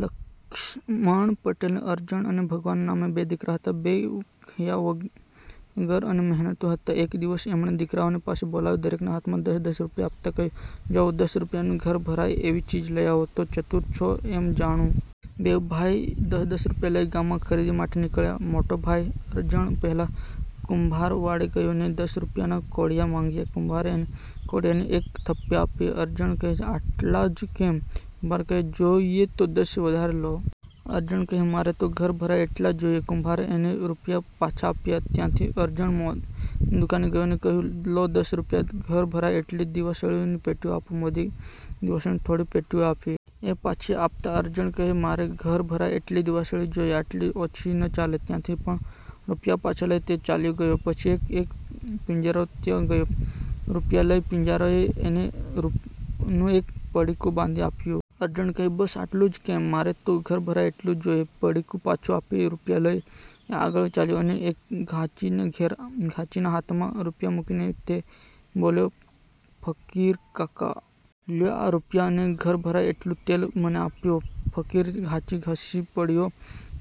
લક્ષ્મણ પટેલને અરજણ અને ભગવાન નામે બે દીકરા હતા. બેઉ કહ્યવગરા અને મહેનતુ હતા. એક દિવસ એમણે દીકરાઓને પાસે બોલાવી, દરેકના હાથમાં દશ-દશ રૂપિયા આપતાં કહ્યું, જાઓ, દશ રૂપિયામાં ઘર ભરાય એવી ચીજ લઈ આવો તો ચતુર છો એમ જાણું. બેઉ ભાઈ દશ-દશ રૂપિયા લઈ ગામમાં ખરીદી માટે નીકળી પડ્યા. મોટો ભાઈ અરજણ પહેલાં કુંભારવાડે ગયો ને દશ રૂપિયાનાં કોડિયાં માગ્યાં. કુંભારે એને કોડિયાંની એક થપ્પી આપી. અરજણ કહે: આટલાં જ કેમ? કુંભાર કહે: 'જોઈએ તો દશ વધારે લો. અરજણ કહે: મારે તો ઘર ભરાય એટલાં જોઈએ. કુંભારે એને રૂપિયા પાછા આપ્યા. ત્યાંથી અરજણ મોદીની દુકાને ગયો ને કહ્યું: લો દશ રૂપિયામાં ઘર ભરાય એટલી દીવાસળીની પેટીઓ આપો. મોદીએ એને દીવાસળીની થોડી પેટીઓ આપી. એ પાછી આપતાં અરજણ કહે, મારે તો ઘર ભરાય એટલી દીવાસળી જોઈએ. આટલી ઓછી ન ચાલે. ત્યાંથી પણ રૂપિયા પાછા લઈને એ ચાલતો થયો. પછી એ એક પીંજારાને ત્યાં ગયો. રૂપિયા લઈ પીંજારાએ એને રૂનું એક પડીકું બાંધી આપ્યું. અરજણ કહે, બસ, આટલું જ કે? મારે તો ઘર ભરાય એટલું રૂ જોઈએ. પડીકું પાછું આપી, રૂપિયા લઈ, એ આગળ ચાલ્યો અને એક ઘાંચીને ઘેર ગયો. ઘાંચીના હાથમાં રૂપિયા મૂકી એ બોલ્યો: ફકીરકાકા! લ્યો આ રૂપિયા અને ઘર ભરાય એટલું તેલ મને આપો. ફકીર ઘાંચી હસી પડ્યો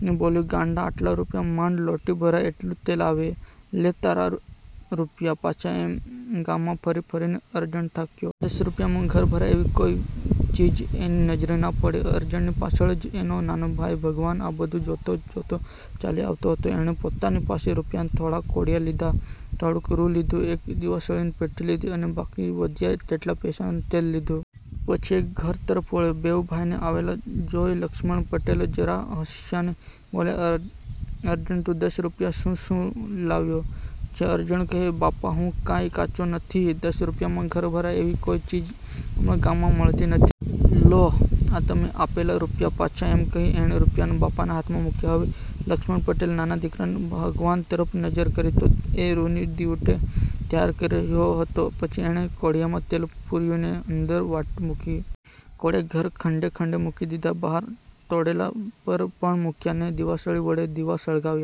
ને બોલ્યો, ગાંડા! આટલા રૂપિયામાં માંડ લોટી ભરાય એટલું તેલ આવે. લે, આ તારા રૂપિયા પાછા. એમ ગામમાં ફરી ફરીને અરજણ થાક્યો. દશ રૂપિયામાં ઘર ભરાય એવી કોઈ ચીજ એની નજરે ના પડી. અરજણની પાછળ જ એનો નાનો ભાઈ ભગવાન આ બધું જોતો જોતો ચાલ્યો આવતો હતો. એણે પોતાની પાસેના રૂપિયામાંથી થોડાં કોડિયાં લીધાં. થોડુંક રૂ લીધું, એક દીવાસળીની પેટી લીધી અને બાકી વધ્યા તેટલા પૈસાનું તેલ લીધું. પછી એ ઘર તરફ વળ્યો. બેઉ ભાઈને આવેલા જોઈ લક્ષ્મણ પટેલ જરા હસ્યા ને બોલ્યા, અરજણ! તું દશ રૂપિયામાં શું શું લાવ્યો છે? અરજણ કહે, બાપા! હું કાંઈ કાચો નથી. દશ રૂપિયામાં ઘર ભરાય એવી કોઈ ચીજ આપણા ગામમાં મળતી નથી. લો, આ તમે આપેલા રૂપિયા પાછા. એમ કહી એણે રૂપિયા બાપાના હાથમાં મૂક્યા.. હવે લક્ષ્મણ પટેલે નાના દીકરા ભગવાન તરફ નજર કરી તો એ રૂની દિવેટો તૈયાર કરી રહ્યો હતો. પછી એણે કોડિયામાં તેલ પૂર્યું ને અંદર વાટ મૂકી. કોડિયાં ઘરના ખંડે ખંડે મૂકી દીધાં. બહાર ટોડલા પર પણ મૂક્યાં, ને દીવાસળી વડે દીવા સળગાવ્યા.